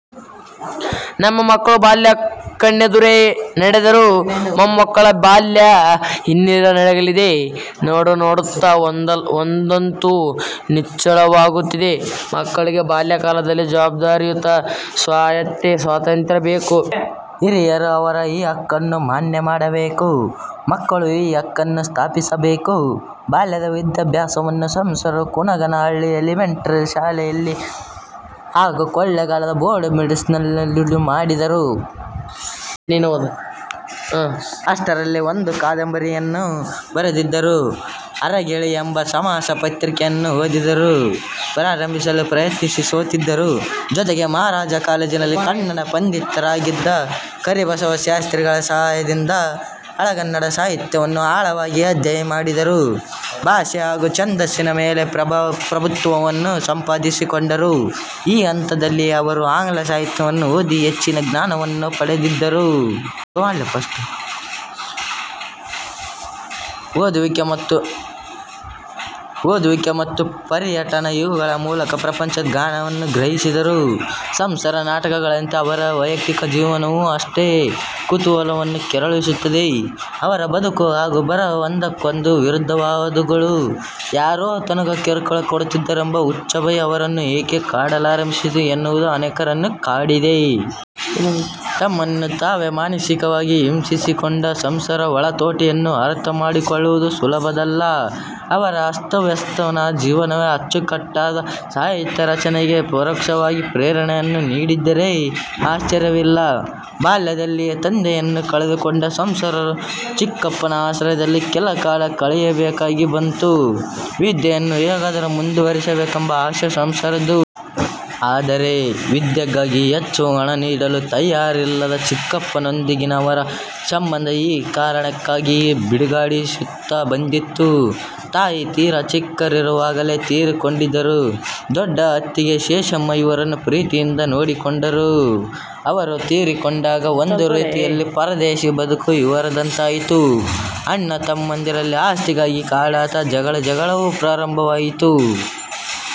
ನಮ್ಮ ಮಕ್ಕಳ ಬಾಲ್ಯ ಕಣ್ಣೆದುರೆ ನಡೆದಿದೆ. ಮೊಮ್ಮಕ್ಕಳ ಬಾಲ್ಯ ಇನ್ನರಳಿ ನಗಲಿದೆ. ನೋಡುನೋಡುತ್ತಾ ಒಂದಂತೂ ನಿಚ್ಚಳವಾಗುತ್ತಿದೆ ಮಕ್ಕಳಿಗೆ ಬಾಲ್ಯಕಾಲದಲ್ಲಿ ಜವಾಬ್ದಾರಿಯುತ ಸ್ವಾಯತ್ತೆ-ಸ್ವಾತಂತ್ಯ್ರ ಬೇಕು. ಹಿರಿಯರು ಅವರ ಈ ಹಕ್ಕನ್ನು ಮಾನ್ಯಮಾಡಬೇಕು. ಮಕ್ಕಳು ಈ ಹಕ್ಕನ್ನು ಸ್ಥಾಪಿಸಬೇಕು. ಬಾಲ್ಯದ ವಿದ್ಯಾಭ್ಯಾಸವನ್ನು ಸಂಸರು ಕುನಗನಹಳ್ಳಿ ಎಲಿಮೆಂಟರಿ ಶಾಲೆಯಲ್ಲಿ ಹಾಗೂ ಕೊಳ್ಳೆಗಾಲದ ಬೋರ್ಡ ಮಿಡಲ್ಸ್ಕೂಲಿನಲ್ಲಿ ಮಾಡಿದರು. ಅಷ್ಟರಲ್ಲೇ ಒಂದು ಕಾದಂಬರಿಯನ್ನೂ ಬರೆದಿದ್ದರು. 'ಅರಗಿಳಿ' ಎಂಬ ಮಾಸ ಪತ್ರಿಕೆಯನ್ನು ಪ್ರಾರಂಭಿಸಲು ಪ್ರಯತ್ನಿಸಿ ಸೋತಿದ್ದರು. ಜೊತೆಗೆ ಮಹಾರಾಜಾ ಕಾಲೇಜಿನಲ್ಲಿ ಕನ್ನಡ ಪಂಡಿತರಾಗಿದ್ದ ಕರಿಬಸವ ಶಾಸ್ತ್ರಿಗಳ ಸಹಾಯದಿಂದ ಹಳಗನ್ನಡ ಸಾಹಿತ್ಯವನ್ನು ಆಳವಾಗಿ ಅಧ್ಯಯನ ಮಾಡಿದರು. ಭಾಷೆ ಹಾಗೂ ಛಂದಸ್ಸಿನ ಮೇಲೆ ಪ್ರಭುತ್ವವನ್ನು ಸಂಪಾದಿಸಿಕೊಂಡರು. ಈ ಹಂತದಲ್ಲಿಯೇ ಅವರು ಆಂಗ್ಲ ಸಾಹಿತ್ಯವನ್ನೂ ಓದಿ ಹೆಚ್ಚಿನ ಜ್ಞಾನವನ್ನು ಪಡೆದರು. ಓದುವಿಕೆ ಮತ್ತು ಪರ್ಯಟನ ಇವುಗಳ ಮೂಲಕ ಪ್ರಪಂಚ ಜ್ಞಾನವನ್ನು ಗ್ರಹಿಸಿದರು. ಸಂಸರ ನಾಟಕಗಳಂತೆ ಅವರ ವೈಯಕ್ತಿಕ ಜೀವನವೂ ಅಷ್ಟೇ ಕುತೂಹಲವನ್ನು ಕೆರಳಿಸುತ್ತದೆ. ಅವರ ಬದುಕು ಹಾಗೂ ಬರಹ ಒಂದಕ್ಕೊಂದು ವಿರುದ್ಧವಾದವುಗಳು. ಯಾರೋ ತನಗೆ ಕಿರುಕುಳ ಕೊಡುತ್ತಿದ್ದಾರೆಂಬ ಹುಚ್ಚುಭಯ ಅವರನ್ನು ಏಕೆ ಕಾಡಲಾರಂಭಿಸಿತು ಎನ್ನುವದು ಅನೇಕರನ್ನು ಕಾಡಿದೆ. ತಮ್ಮನ್ನು ತಾವೇ ಮಾನಸಿಕವಾಗಿ ಹಿಂಸಿಸಿಕೊಂಡ ಸಂಸರ ಒಳತೋಟಿಯನ್ನು ಅರ್ಥ ಮಾಡಿಕೊಳ್ಳುವುದು ಸುಲಭದ್ದಲ್ಲ. ಅವರ ಅಸ್ತವ್ಯಸ್ತವಾದ ಜೀವನವೇ ಅಚ್ಚುಕಟ್ಟಾದ ಸಾಹಿತ್ಯ ರಚನೆಗೆ ಪರೋಕ್ಷವಾಗಿ ಪ್ರೇರಣೆಯನ್ನು ನೀಡಿದ್ದರೆ ಆಶ್ಚರ್ಯವಿಲ್ಲ. ಬಾಲ್ಯದಲ್ಲಿಯೇ ತಂದೆಯನ್ನು ಕಳೆದುಕೊಂಡ ಸಂಸರು ಚಿಕ್ಕಪ್ಪನ ಆಶ್ರಯದಲ್ಲಿ ಕೆಲಕಾಲ ಕಳೆಯಬೇಕಾಗಿ ಬಂತು. ವಿದ್ಯೆಯನ್ನು ಹೇಗಾದರೂ ಮುಂದುವರೆಸಬೇಕೆಂಬ ಆಸೆ ಸಂಸರದ್ದು. ಆದರೆ ವಿದ್ಯೆಗಾಗಿ ಹೆಚ್ಚು ಹಣನೀಡಲು ತಯಾರಿಲ್ಲದ ಚಿಕ್ಕಪ್ಪನೊಂದಿಗಿನ ಅವರ ಸಂಬಂಧ ಈ ಕಾರಣಕ್ಕಾಗಿಯೇ ಬಿಗಡಾಯಿಸುತ್ತ ಬಂದಿತು. ತಾಯಿ ತೀರಾ ಚಿಕ್ಕವರಿರುವಾಗಲೇ ತೀರಿಕೊಂಡಿದ್ದರೂ ದೊಡ್ಡ ಅತ್ತಿಗೆ ಶೇಷಮ್ಮ ಇವರನ್ನು ಪ್ರೀತಿಯಿಂದ ನೋಡಿಕೊಂಡಿದ್ದರು. ಅವರು ತೀರಿಕೊಂಡಾಗ ಒಂದು ರೀತಿಯಲ್ಲಿ ಪರದೇಶಿ ಬದುಕು ಇವರದಾಯಿತು. ಅಣ್ಣ ತಮ್ಮಂದಿರಲ್ಲಿ ಆಸ್ತಿಗಾಗಿ ಕಾದಾಟ ಜಗಳಗಳೂ ಪ್ರಾರಂಭವಾದವು.